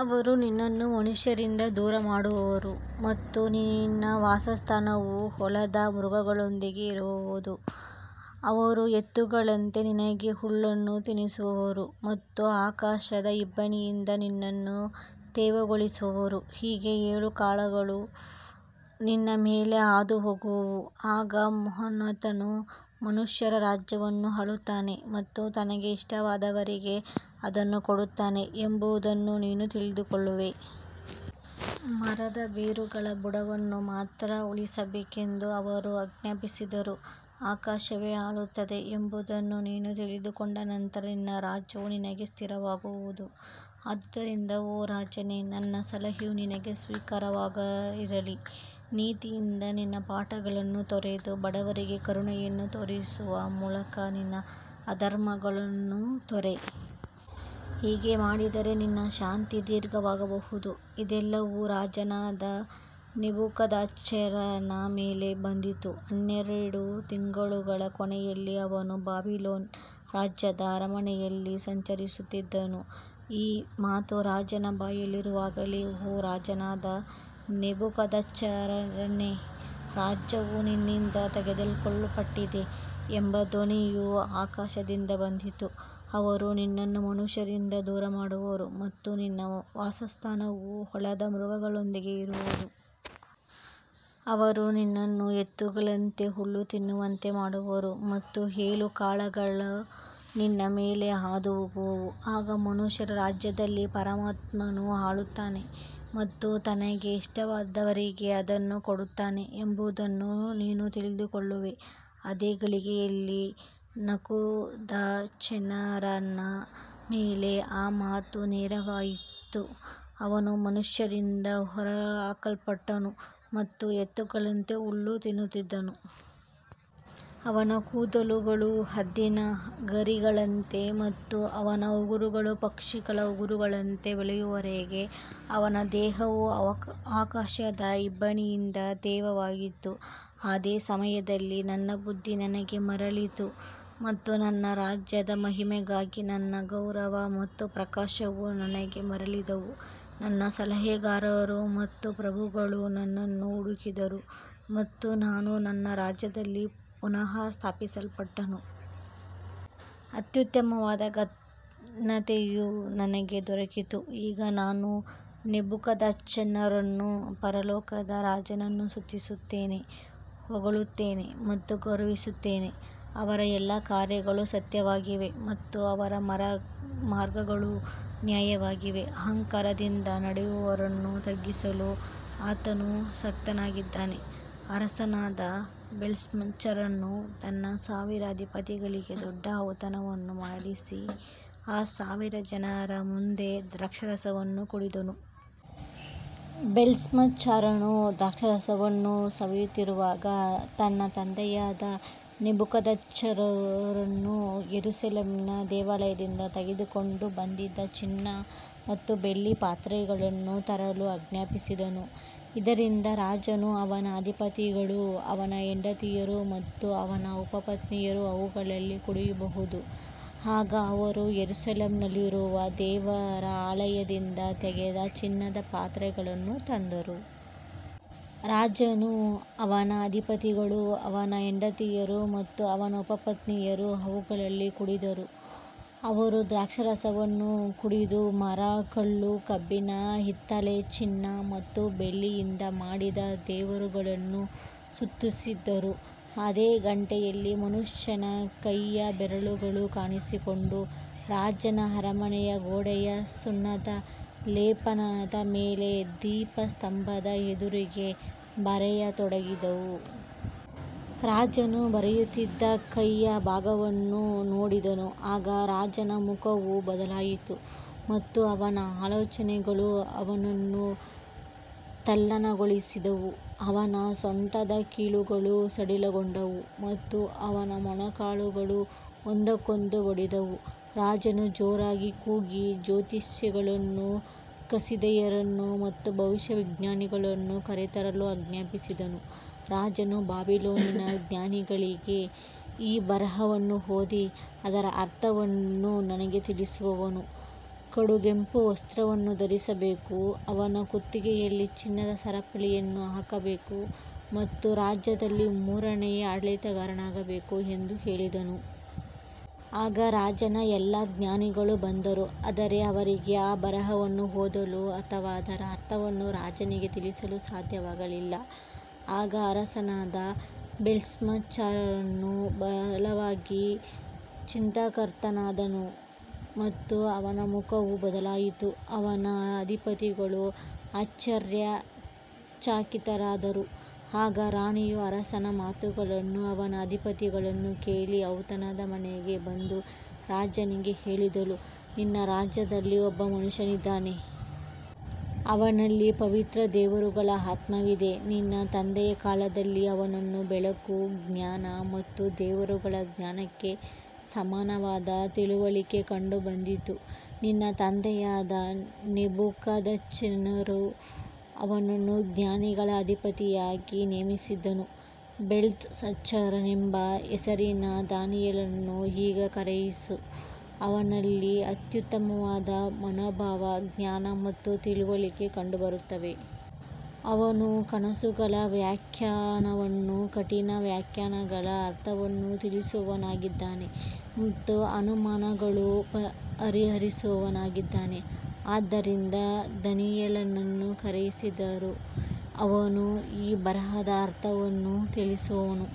ಅವರು ನಿನ್ನನ್ನು ಮನುಷ್ಯರಿಂದ ದೂರಮಾಡುವರು ಮತ್ತು ನಿನ್ನ ವಾಸಸ್ಥಾನವು ಹೊಲದ ಮೃಗಗಳೊಂದಿಗೆ ಇರುವದು. ಅವರು ಎತ್ತುಗಳಂತೆ ನಿನಗೆ ಹುಲ್ಲನ್ನು ತಿನ್ನಿಸುವರು ಮತ್ತು ಆಕಾಶದ ಇಬ್ಬನಿಯಿಂದ ನಿನ್ನನ್ನು ತೇವಗೊಳಿಸುವರು. ಹೀಗೆ ಏಳು ಕಾಲಗಳು ನಿನ್ನ ಮೇಲೆ ಹಾದುಹೋಗುವವು, ಆಗ ಮಹೋನ್ನತನು ಮನುಷ್ಯರ ರಾಜ್ಯವನ್ನು ಆಳುತ್ತಾನೆ ಮತ್ತು ತನಗೆ ಇಷ್ಟವಾದವರಿಗೆ ಅದನ್ನು ಕೊಡುತ್ತಾನೆ ಎಂಬುದನ್ನು ನೀನು ತಿಳಿದುಕೊಳ್ಳುವೆ. ಮರದ ಬೇರುಗಳ ಬುಡವನ್ನು ಮಾತ್ರ ಉಳಿಸಬೇಕೆಂದು ಅವರು ಆಜ್ಞಾಪಿಸಿದರೂ, ಆಕಾಶವೇ ಆಳುತ್ತದೆ ಎಂಬುದನ್ನು ನೀನು ತಿಳಿದುಕೊಂಡ ನಂತರ ನಿನ್ನ ರಾಜ್ಯವು ನಿನಗೆ ಸ್ಥಿರವಾಗಿರುವದು. ಆದುದರಿಂದ ಓ ರಾಜನೇ, ನನ್ನ ಸಲಹೆಯು ನಿನಗೆ ಸ್ವೀಕಾರಾರ್ಹವಾಗಿರಲಿ. ನೀತಿಯಿಂದ ನಿನ್ನ ಪಾಪಗಳನ್ನು ತೊರೆದು, ಬಡವರಿಗೆ ಕರುಣೆಯನ್ನು ತೋರಿಸುವ ಮೂಲಕ ನಿನ್ನ ಅಧರ್ಮಗಳನ್ನು ತೊರೆ. ಹೀಗೆ ಮಾಡಿದರೆ ನಿನ್ನ ಶಾಂತಿ ದೀರ್ಘವಾಗಬಹುದು. ಇದೆಲ್ಲವೂ ರಾಜನಾದ ನೆಬೂಕದ್ನೆಚ್ಚರನ ಮೇಲೆ ಬಂದಿತು. ಹನ್ನೆರಡು ತಿಂಗಳುಗಳ ಕೊನೆಯಲ್ಲಿ ಅವನು ಬಾಬಿಲೋನ್ ರಾಜ್ಯದ ಅರಮನೆಯಲ್ಲಿ ಸಂಚರಿಸುತ್ತಿದ್ದನು. ಈ ಮಾತು ರಾಜನ ಬಾಯಲ್ಲಿರುವಾಗಲೇ, ಓ ರಾಜನಾದ ನೆಬೂಕದ್ನೆಚ್ಚರನೇ, ರಾಜ್ಯವು ನಿನ್ನಿಂದ ತೆಗೆದುಕೊಳ್ಳಲ್ಪಟ್ಟಿದೆ ಎಂಬ ಧ್ವನಿಯು ಆಕಾಶದಿಂದ ಬಂದಿತು. ಅವರು ನಿನ್ನನ್ನು ಮನುಷ್ಯರಿಂದ ದೂರಮಾಡುವರು ಮತ್ತು ನಿನ್ನ ವಾಸಸ್ಥಾನವು ಹೊಲದ ಮೃಗಗಳೊಂದಿಗೆ ಇರುವದು. ಅವರು ನಿನ್ನನ್ನು ಎತ್ತುಗಳಂತೆ ಹುಲ್ಲು ತಿನ್ನುವಂತೆ ಮಾಡುವರು ಮತ್ತು ಏಳು ಕಾಲಗಳು ನಿನ್ನ ಮೇಲೆ ಹಾದುಹೋಗುವವು. ಆಗ ಮನುಷ್ಯರ ರಾಜ್ಯದಲ್ಲಿ ಪರಮಾತ್ಮನು ಆಳುತ್ತಾನೆ ಮತ್ತು ತನಗೆ ಇಷ್ಟವಾದವರಿಗೆ ಅದನ್ನು ಕೊಡುತ್ತಾನೆ ಎಂಬುದನ್ನು ನೀನು ತಿಳಿದುಕೊಳ್ಳುವೆ. ಅದೇ ಗಳಿಗೆಯಲ್ಲಿ ನೆಬೂಕದ್ನೆಚ್ಚರನ ಮೇಲೆ ಆ ಮಾತು ನೆರವೇರಿತು. ಅವನು ಮನುಷ್ಯರಿಂದ ಹೊರಹಾಕಲ್ಪಟ್ಟನು ಮತ್ತು ಎತ್ತುಗಳಂತೆ ಹುಲ್ಲು ತಿನ್ನುತ್ತಿದ್ದನು. ಅವನ ಕೂದಲುಗಳು ಹದ್ದಿನ ಗರಿಗಳಂತೆ ಮತ್ತು ಅವನ ಉಗುರುಗಳು ಪಕ್ಷಿಗಳ ಉಗುರುಗಳಂತೆ ಬೆಳೆಯುವವರೆಗೆ ಅವನ ದೇಹವು ಆಕಾಶದ ಇಬ್ಬನಿಯಿಂದ ತೇವವಾಗಿತ್ತು. ಅದೇ ಸಮಯದಲ್ಲಿ ನನ್ನ ಬುದ್ಧಿ ನನಗೆ ಮರಳಿತು ಮತ್ತು ನನ್ನ ರಾಜ್ಯದ ಮಹಿಮೆಗಾಗಿ ನನ್ನ ಗೌರವ ಮತ್ತು ಪ್ರಕಾಶವೂ ನನಗೆ ಮರಳಿದವು. ನನ್ನ ಸಲಹೆಗಾರರು ಮತ್ತು ಪ್ರಭುಗಳು ನನ್ನನ್ನು ಹುಡುಕಿದರು ಮತ್ತು ನಾನು ನನ್ನ ರಾಜ್ಯದಲ್ಲಿ ಪುನಃ ಸ್ಥಾಪಿಸಲ್ಪಟ್ಟೆನು. ಅತ್ಯುತ್ತಮವಾದ ಘನತೆಯೂ ನನಗೆ ದೊರಕಿತು. ಈಗ ನಾನು ನೆಬೂಕದ್ನೆಚ್ಚರನು ಪರಲೋಕದ ರಾಜನನ್ನು ಸ್ತುತಿಸುತ್ತೇನೆ, ಹೊಗಳುತ್ತೇನೆ ಮತ್ತು ಗೌರವಿಸುತ್ತೇನೆ. ಅವರ ಎಲ್ಲಾ ಕಾರ್ಯಗಳು ಸತ್ಯವಾಗಿವೆ ಮತ್ತು ಅವರ ಮಾರ್ಗಗಳು ನ್ಯಾಯವಾಗಿವೆ. ಅಹಂಕಾರದಿಂದ ನಡೆಯುವವರನ್ನು ತಗ್ಗಿಸಲು ಆತನು ಶಕ್ತನಾಗಿದ್ದಾನೆ. ಅರಸನಾದ ಬೇಲ್ಶಚ್ಚರನು ತನ್ನ ಸಾವಿರ ಅಧಿಪತಿಗಳಿಗೆ ದೊಡ್ಡ ಔತಣವನ್ನು ಮಾಡಿಸಿ, ಆ ಸಾವಿರ ಜನರ ಮುಂದೆ ದ್ರಾಕ್ಷಾರಸವನ್ನು ಕುಡಿದನು. ಬೇಲ್ಶಚ್ಚರನು ದ್ರಾಕ್ಷಾರಸವನ್ನು ಸವಿಯುತ್ತಿರುವಾಗ, ತನ್ನ ತಂದೆಯಾದ ನೆಬೂಕದ್ನೆಚ್ಚರನು ಯೆರೂಸಲೇಮಿನ ದೇವಾಲಯದಿಂದ ತೆಗೆದುಕೊಂಡು ಬಂದಿದ್ದ ಚಿನ್ನ ಮತ್ತು ಬೆಳ್ಳಿಯ ಪಾತ್ರೆಗಳನ್ನು ತರಲು ಆಜ್ಞಾಪಿಸಿದನು, ಇದರಿಂದ ರಾಜನು, ಅವನ ಅಧಿಪತಿಗಳು, ಅವನ ಹೆಂಡತಿಯರು ಮತ್ತು ಅವನ ಉಪಪತ್ನಿಯರು ಅವುಗಳಲ್ಲಿ ಕುಡಿಯಬಹುದು. ಆಗ ಅವರು ಯೆರೂಸಲೇಮಿನಲ್ಲಿರುವ ದೇವರ ಆಲಯದಿಂದ ತೆಗೆದ ಚಿನ್ನದ ಪಾತ್ರೆಗಳನ್ನು ತಂದರು. ರಾಜನು, ಅವನ ಅಧಿಪತಿಗಳು, ಅವನ ಹೆಂಡತಿಯರು ಮತ್ತು ಅವನ ಉಪಪತ್ನಿಯರು ಅವುಗಳಲ್ಲಿ ಕುಡಿದರು. ಅವರು ದ್ರಾಕ್ಷಾರಸವನ್ನು ಕುಡಿದು, ಮರ, ಕಲ್ಲು, ಕಬ್ಬಿಣ, ಹಿತ್ತಾಳೆ, ಚಿನ್ನ ಮತ್ತು ಬೆಳ್ಳಿಯಿಂದ ಮಾಡಿದ ದೇವರುಗಳನ್ನು ಸ್ತುತಿಸಿದರು. ಅದೇ ಗಂಟೆಯಲ್ಲಿ ಮನುಷ್ಯನ ಕೈಯ ಬೆರಳುಗಳು ಕಾಣಿಸಿಕೊಂಡು, ರಾಜನ ಅರಮನೆಯ ಗೋಡೆಯ ಸುಣ್ಣದ ಲೇಪನದ ಮೇಲೆ ದೀಪಸ್ತಂಭದ ಎದುರಿಗೆ ಬರೆಯತೊಡಗಿದವು. ರಾಜನು ಬರೆಯುತ್ತಿದ್ದ ಕೈಯ ಭಾಗವನ್ನು ನೋಡಿದನು. ಆಗ ರಾಜನ ಮುಖವು ಬದಲಾಯಿತು ಮತ್ತು ಅವನ ಆಲೋಚನೆಗಳು ಅವನನ್ನು ತಲ್ಲಣಗೊಳಿಸಿದವು. ಅವನ ಸೊಂಟದ ಕೀಲುಗಳು ಸಡಿಲಗೊಂಡವು ಮತ್ತು ಅವನ ಮೊಣಕಾಲುಗಳು ಒಂದಕ್ಕೊಂದು ಬಡಿದವು. ರಾಜನು ಜೋರಾಗಿ ಕೂಗಿ ಜ್ಯೋತಿಷಿಗಳನ್ನು, ಕಸ್ದೀಯರನ್ನು ಮತ್ತು ಭವಿಷ್ಯಜ್ಞಾನಿಗಳನ್ನು ಕರೆತರಲು ಆಜ್ಞಾಪಿಸಿದನು. ರಾಜನು ಬಾಬಿಲೋನಿನ ಜ್ಞಾನಿಗಳಿಗೆ, ಈ ಬರಹವನ್ನು ಓದಿ ಅದರ ಅರ್ಥವನ್ನು ನನಗೆ ತಿಳಿಸುವವನು ಕಡುಗೆಂಪು ವಸ್ತ್ರವನ್ನು ಧರಿಸಬೇಕು, ಅವನ ಕುತ್ತಿಗೆಯಲ್ಲಿ ಚಿನ್ನದ ಸರಪಳಿಯನ್ನು ಹಾಕಬೇಕು ಮತ್ತು ರಾಜ್ಯದಲ್ಲಿ ಮೂರನೆಯ ಆಡಳಿತಗಾರನಾಗಬೇಕು ಎಂದು ಹೇಳಿದನು. ಆಗ ರಾಜನ ಎಲ್ಲಾ ಜ್ಞಾನಿಗಳು ಬಂದರು, ಆದರೆ ಅವರಿಗೆ ಆ ಬರಹವನ್ನು ಓದಲು ಅಥವಾ ಅದರ ಅರ್ಥವನ್ನು ರಾಜನಿಗೆ ತಿಳಿಸಲು ಸಾಧ್ಯವಾಗಲಿಲ್ಲ. ಆಗ ಅರಸನಾದ ಬೇಲ್ಶಚ್ಚರನು ಬಹಳವಾಗಿ ಚಿಂತಾಕ್ರಾಂತನಾದನು ಮತ್ತು ಅವನ ಮುಖವು ಬದಲಾಯಿತು. ಅವನ ಅಧಿಪತಿಗಳೂ ಆಶ್ಚರ್ಯಚಕಿತರಾದರು. ಆಗ ರಾಣಿಯು ಅರಸನ ಮಾತುಗಳನ್ನೂ ಅವನ ಅಧಿಪತಿಗಳನ್ನೂ ಕೇಳಿ ಔತಣದ ಮನೆಗೆ ಬಂದು, ರಾಜನಿಗೆ ಹೇಳಿದಳು, ನಿನ್ನ ರಾಜ್ಯದಲ್ಲಿ ಒಬ್ಬ ಮನುಷ್ಯನಿದ್ದಾನೆ. ಅವನಲ್ಲಿ ಪವಿತ್ರ ದೇವರುಗಳ ಆತ್ಮವಿದೆ. ನಿನ್ನ ತಂದೆಯ ಕಾಲದಲ್ಲಿ ಅವನಲ್ಲಿ ಬೆಳಕು, ಜ್ಞಾನ ಮತ್ತು ದೇವರುಗಳ ಜ್ಞಾನಕ್ಕೆ ಸಮಾನವಾದ ತಿಳುವಳಿಕೆ ಕಂಡುಬಂದಿತ್ತು. ನಿನ್ನ ತಂದೆಯಾದ ನೆಬೂಕದ್ನೆಚ್ಚರನು ಅವನನ್ನು ಜ್ಞಾನಿಗಳ ಅಧಿಪತಿಯಾಗಿ ನೇಮಿಸಿದ್ದನು. ಬೆಲ್ತೆಶಚ್ಚರನೆಂಬ ಹೆಸರಿನ ದಾನಿಯೇಲನನ್ನು ಈಗ ಕರೆಯಿಸು. ಅವನಲ್ಲಿ ಅತ್ಯುತ್ತಮವಾದ ಮನೋಭಾವ, ಜ್ಞಾನ ಮತ್ತು ತಿಳುವಳಿಕೆ ಕಂಡುಬರುತ್ತವೆ. ಅವನು ಕನಸುಗಳ ವ್ಯಾಖ್ಯಾನವನ್ನೂ ಕಠಿಣ ವಾಕ್ಯಗಳ ಅರ್ಥವನ್ನೂ ತಿಳಿಸುವವನಾಗಿದ್ದಾನೆ ಮತ್ತು ಅನುಮಾನಗಳನ್ನು ಪರಿಹರಿಸುವವನಾಗಿದ್ದಾನೆ. ಆದ್ದರಿಂದ ದಾನಿಯೇಲನನ್ನು ಕರೆಯಿಸಿದರೆ ಅವನು ಈ ಬರಹದ ಅರ್ಥವನ್ನು ತಿಳಿಸುವನು.